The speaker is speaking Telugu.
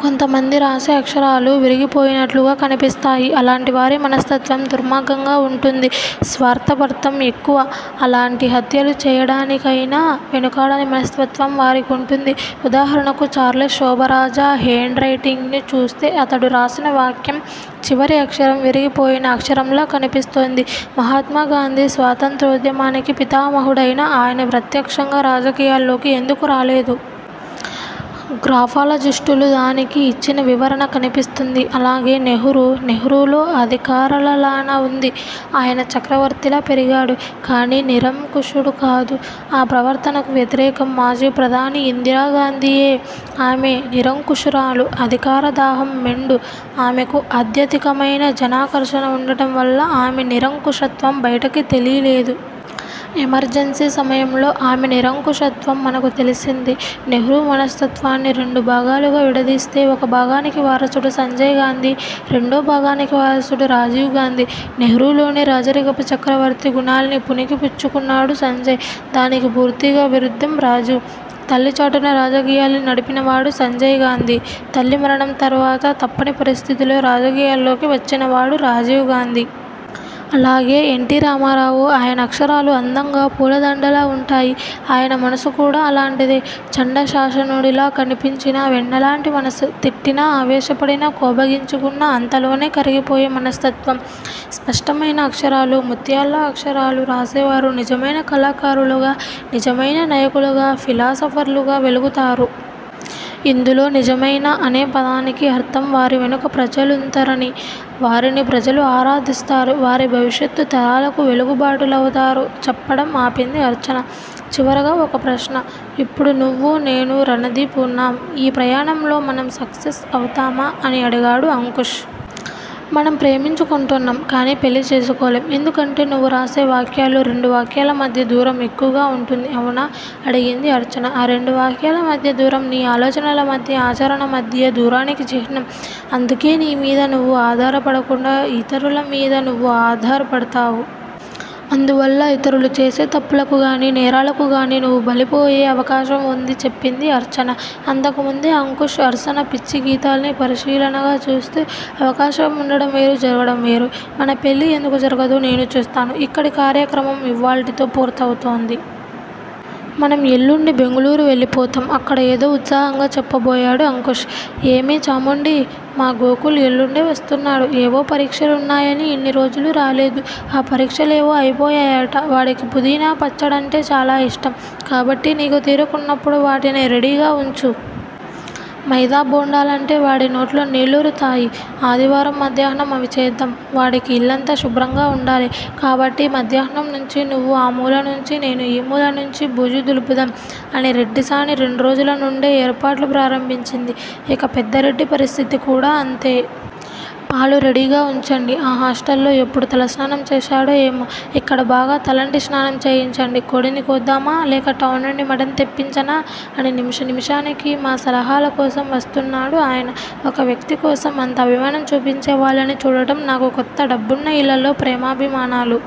కొంతమంది రాసే అక్షరాలు విరిగిపోయినట్లుగా కనిపిస్తాయి. అలాంటివారి మనస్తత్వం దుర్మార్గంగా వుంటుంది. స్వార్ధపర్థం ఎక్కువ. ఎలాంటి హత్యలు చేయడానికికయినా వెనుకాడని మనస్తత్వం వారికుంటుంది. ఉదాహారణకు ఛార్లెస్ శోభరాజ హేండ్రైటింగ్ ను చూస్తె అతడు రాసిన వాక్యం చివరి అక్షరం విరిగిపోయిన అక్షరంలా కనిపిస్తోంది. మహాత్మాగాంధీ స్వాతంత్రోధ్యమానికి పితామహుడైన, అయన ప్రత్యక్ష్యంగా రాజకీయాల్లోకి ఎందుకు రాలేదు? గ్రాఫాలజిస్టులుదానికి ఇచ్చిన వివరణ కనిపిస్తుంది. అలాగే నెహ్రూ. నెహ్రూ లో అధికారలాలన వుంది. అయన చక్రవర్తిలా పెరిగాడు. కానీ నిరంకుశుడు కాదు. అ ప్రవర్తనకు వ్యతిరేకం మాజీ ప్రధాని ఇందిరాగాంధీయే. ఆమె నిరంకుశురాలు. అధికార దాహం మెండు. ఆమెకు అత్యధికమైనా జనాకర్షణ వుండడంవల్ల ఆమె నిరంకుశత్వం బయటకి తెలీలేదు. ఎమర్జన్సీ సమయంలో ఆమె నిరంకుశత్వం మనకు తెలిసింది. నెహ్రూ మనస్తత్వాన్ని రెండు భాగాలుగా విడదీస్తే, ఒక భాగానికి వారసుడు సంజయ్ గాంధీ, రేండో భాగానికీ వారసుడు రాజీవ్ గాంధీ. నెహ్రూలోని రాజరికపు చక్రవర్తి గుణాలన్నీ పుణికి పుచ్చుకున్నాడు సంజయ్. దానికి పూర్తిగా విరుద్దం రాజీవ్. తల్లిచాటున రాజకీయాల్ని నడిపినవాడు సంజయ్ గాంధీ తల్లి మరణం తర్వాత తప్పని పరిస్టితుల్లో రాజకీయాల్లోకి వచ్చినవాడు రాజీవ్ గాంధీ. అలాగే ఎన్. టిరామారావు. అయన అక్షరాలు అందంగా, పూలదండలా వుంటాయి. అయన మనసు కూడా అలాంటిదే. చండ శాసననుడిలా కనిపించినా, వెన్నలాంటి మనసు. తిట్టినా, అవేశాపడినా, కోపగించుకున్నా అంతలోనే కరిగిపోయే మనస్తత్వం. స్పష్టమైనా అక్షరాలూ, ముత్యాల్లా అక్షరాలు రాసేవరు నిజమైన కళాకారులుగా, నిజమైన నయుకులుగా, ఫిలాసఫర్లుగా వెలుగుతారు. ఇందులో నిజమైన అనే పదానికి అర్ధం వారి వెనుక ప్రజలుంతరణి. వారిని ప్రజలు ఆరాధిస్తారు. వారు భవిష్యత్తు తరాలకు వెలుగుబాటలవుతారు చెప్పడం ఆపింది అర్చన. చివరగా ఒక ప్రశ్న. ఇప్పుడు నువ్వు, నేను, రణదీఫ్ వున్నాం ఈ ప్రయాణంలో మనం సక్సెస్ అవుతామా? అని అడిగాడు అంకుష్. మనం ప్రేమించుకొంటున్నాం కానీ పెళ్ళి చేసుకోలేం ఎందుకంటే నువ్వు రాసే వాక్యాల్లో రెండు వాక్యాల మధ్య దూరం ఎక్కువగా వుంటుంది అవునా? అడిగింది అర్చన. ఆ రెండు వాక్యాల మధ్య దూరం నీ ఆలోచనల మధ్య ఆచరణ మధ్యా దూరానికి చిహ్నం అందుకే నీ మీద నువ్వు ఆధారపడకుండా యితురుల మీద నువ్వు అద్జ్హారపడ్డావ్. అందువల్లా ఇతరులు చేసే తప్పులకు గానీ, నేరాలకు గానీ నువ్వు బలిపోయే అవకాశం వుంది చెప్పింది అర్చన అంతకుముందే అంకుష్ అర్సన పిచ్చిగీతాల్నీ పరిశీలనగా చూస్తూ. అవకాశం వుండడం వేరు జరగడం వేరు. మన పెళ్ళి ఎందుకు జరగదో నేను చూస్తాను. ఇక్కడి కర్యాక్రమం ఇవ్వాల్టితో పూర్తవుతోంది. మనం ఎల్లుండి బెంగుళూరు వెళ్ళిపోతాం. అక్కడ ఏదో ఉత్సాహంగా చెప్పబోయాడు అంకుష్. ఏమే చాముండీ! మా గోకుల్ ఎల్లుండే వస్తున్నాడు, ఏవో పరీక్ష లున్నాయని ఇన్ని రోజులు రాలేదు. అ పరీక్షలేవో అయిపోయాయట. వాడికి పుదీనా పచ్చడంటే చాలా ఇష్టం, కాబట్టి నీకు తీరికున్నప్పుడు వాటిని రెడీగా వుంచు. మైదా బోండాలంటే వాడి నోట్లో నీళ్ళూరుతాయి. ఆదివారం మధ్యాహ్నం అవి చేద్దాం. వాడికి ఇల్లంతా శుభ్రంగా వుండాలి. కాబట్టి మధ్యాహ్నం నుంచి నువ్వు ఆ మూలనుంచీ నేను ఈ మూల నుంచి బూజు దులుపుదాం అని రెడ్డిసాని రెండ్రోజుల నుండే ఏర్పాట్లు ప్రారంభించింది. ఇక పెద్ద రెడ్డి పరిస్థితి కూడా అంతే. పాలు రెడీగా వుంచండి. ఆ హాస్టల్ లో ఎప్పుడు తలస్నానం చేశాడో ఏమో! ఇక్కడ బాగా తలంటి స్నానం చేయించండి. కోడిని కోద్దామా? లేక టౌన్ నుంచి మటన్ తెప్పించనా అని నిముష నిముషానికి మా సలహాల కోసం వస్తున్నాడు ఆయన. ఒక వ్యక్తి కోసం అంత అభిమానం చూపించేవాళ్ళని చూడడం నాకు కొత్త డబ్బున్న ఇళ్ళల్లో ప్రేమాభిమానాలు